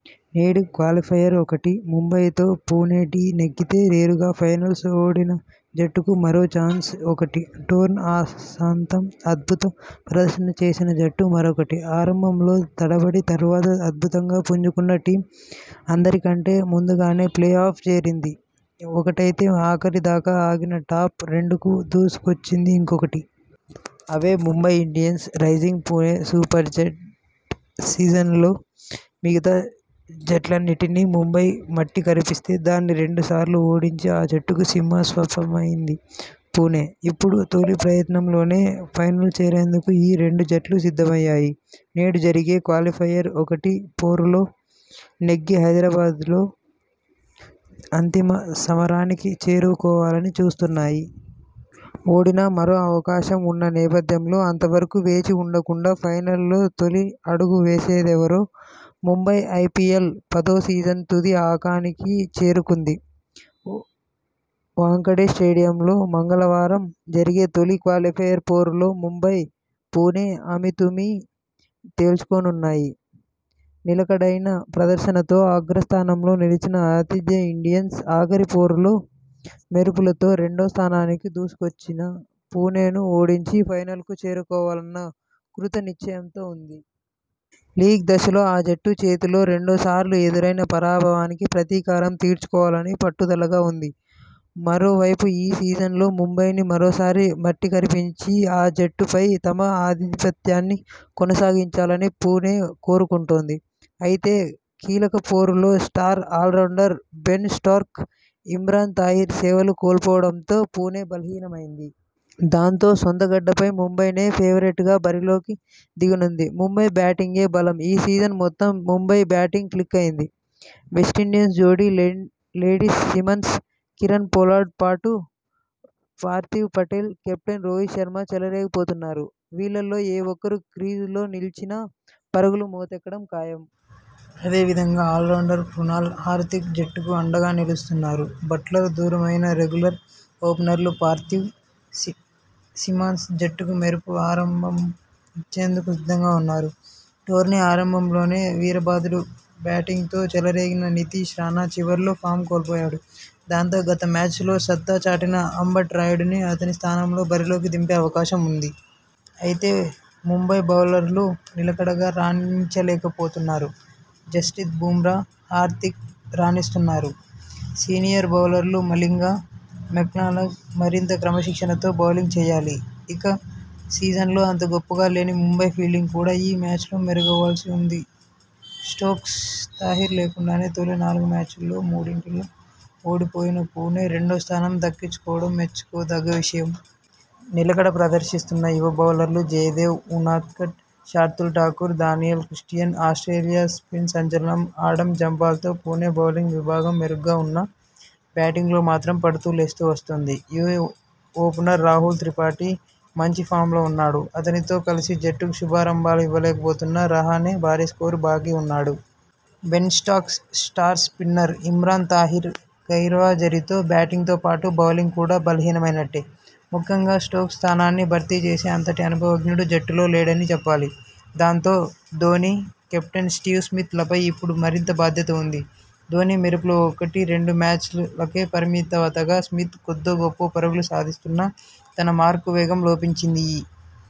నేడే క్వాలిఫయర్-ఒకటి ముంబైతో పుణె ఢీ నెగ్గితే నేరుగా ఫైనల్కు ఓడిన జట్టుకు మరో చాన్స్ఒకటి టోర్నీ ఆసాంతం అద్భుత ప్రదర్శన చేసిన జట్టు మరొకటి ఆరంభంలో తడబడి తర్వాత అద్భుతంగా పుంజుకున్న టీమ్! అందరికంటే ముందుగానే ప్లే ఆఫ్ చేరింది ఒకటైతే ఆఖరి దాకా ఆగినా టాప్-రెండుకు దూసుకొచ్చింది ఇంకోటి! అవే Mumbai Indians, Rising Pune Supergiant! సీజన్లో మిగతా జట్లన్నింటినీ ముంబై మట్టి కరిపిస్తే దాన్ని రెండు సార్లూ ఓడించి ఆ జట్టుకు సింహస్వప్నమైంది పుణె! ఇప్పుడు తొలి ప్రయత్నంలోనే ఫైనల్ చేరేందుకు ఈ రెండు జట్లూ సిద్ధమయ్యాయి! నేడు జరిగే క్వాలిఫయర్-ఒకటి పోరులో నెగ్గి హైదరాబాద్లో అంతిమ సమరానికి చేరుకోవాలని చూస్తున్నాయి! ఓడినా మరో అవకాశం ఉన్న నేపథ్యంలో అంతవరకూ వేచి ఉండకుండా ఫైనల్లో తొలి అడుగు వేసేదెవరో ముంబై ఐపీఎల్ పదో సీజన్ తుది అంకానికి చేరుకుంది. వాంఖడే స్టేడియంలో మంగళవారం జరిగే తొలి క్వాలిఫయర్ పోరులో ముంబై, పుణె అమీతుమీ తేల్చుకోనున్నాయి. నిలకడైన ప్రదర్శనతో అగ్రస్థానంలో నిలిచిన ఆతిథ్య ఇండియన్స్ ఆఖరి పోరులో మెరుపులతో రెండో స్థానానికి దూసుకొచ్చిన పుణెను ఓడించి ఫైనల్కు చేరుకోవాలన్న కృత నిశ్చయంతో లీగ్ దశలో ఆ జట్టు చేతిలో రెండు సార్లు ఎదురైన పరాభవానికి ప్రతీకారం తీర్చుకోవాలని పట్టుదలగా ఉంది. మరోవైపు ఈ సీజన్ లో ముంబైని మరోసారి మట్టికరిపించి ఆ జట్టుపై తమ ఆధిపత్యాన్ని కొనసాగించాలని పుణె కోరుకుంటోంది. అయితే, కీలక పోరులో star allrounder Ben Stokes, Imran Tahir సేవలు కోల్పోవడంతో పుణె బలహీనమైంది. దాంతో, సొంతగడ్డపై ముంబైనే ఫేవరెట్గా బరిలోకి దిగనుంది. ముంబై బ్యాటింగే బలం ఈ సీజన్ మొత్తంలో ముంబై బ్యాటింగ్ క్లిక్ అయింది. వెస్టిండీస్ జోడీ లెండిల్ సిమన్స్, కీరన్ పొలార్డ్తో పాటు పార్థివ్ పటేల్, కెప్టెన రోహిత్ శర్మ చెలరేగిపోతున్నారు. వీళ్లలో ఏ ఒక్కరు క్రీజులో నిలిచినా పరుగుల మోతెక్కడం ఖాయం. అదే విధంగా ఆల్రౌండర్లు క్రునాల్, హార్దిక్ జట్టుకు అండగా నిలుస్తున్నారు. బట్లర్ దూరమైనా రెగ్యులర్ ఓపెనర్లు పార్థివ్, సిమన్స్ జట్టుకు మెరుపు ఆరంభం ఇచ్చేందుకు సిద్ధంగా ఉన్నారు. టోర్నీ ఆరంభంలోనే వీరబాదుడు బ్యాటింగ్తో చెలరేగిన నితీష్ రాణా చివర్లో ఫామ్ కోల్పోయాడు. దాంతో, గత మ్యాచ్ లో సత్తా చాటిన అంబటి రాయుడును అతని స్థానంలో బరిలోకి దింపే అవకాశం ఉంది. అయితే, ముంబై బౌలర్లు నిలకడగా రాణించలేకపోతున్నారు. జస్ప్రీత్ బుమ్రా, హార్దిక్ రాణిస్తున్నారు. సీనియర్ బౌలర్లు మలింగ, మెక్లెన్గన్ మరింత క్రమశిక్షణతో బౌలింగ్ చేయాలి. ఇక, సీజన్లో అంత గొప్పగా లేని ముంబై ఫీల్డింగ్ కూడా ఈ మ్యాచ్లో మెరుగవ్వాల్సి ఉంది. స్టోక్స్, తాహిర్ లేకుండానే తొలి నాలుగు మ్యాచ్ ల్లో మూడింట్లో ఓడిపోయిన పుణె రెండో స్థానం దక్కించుకోవడం మెచ్చుకోదగ్గ విషయం. నిలకడ ప్రదర్శిస్తున్న యువ బౌలర్లు Jaydev Unadkat, Shardul Thakur, Daniel Christian Australia spin సంచలనం ఆడమ్ జంపాలతో పుణె బౌలింగ్ విభాగం మెరుగ్గా ఉన్నా, బ్యాటింగ్లో మాత్రం పడుతూ లేస్తూ వస్తోంది. యువ ఓపెనర్ రాహుల్ త్రిపాఠి మంచి ఫామ్లో ఉన్నాడు. అతనితో కలిసి జట్టుకు శుభారంభాలు ఇవ్వలేకపోతున్న రహానె భారీస్కోరు బాకీ ఉన్నాడు. Ben Stokes, star spinner Imran Tahir గైర్హాజరీతో బ్యాటింగ్తో పాటు బౌలింగ్ కూడా బలహీనమైనట్టే. ముఖ్యంగా స్టోక్స్ స్థానాన్ని భర్తీ చేసే అంతటి అనుభవజ్ఞుడు జట్టులో లేడనే చెప్పాలి. దాంతో, ధోనీ, కెప్టెన్ స్టివ్ స్మిత్ లపై ఇప్పుడు మరింత బాధ్యత ఉంది. ధోనీ మెరుపులు ఒకటి రెండు మ్యాచ్ లకే పరిమితవగా స్మిత్ కొద్దో గొప్పో పరుగులు సాధిస్తున్నా తన మార్కు వేగం లోపించింది. ఈ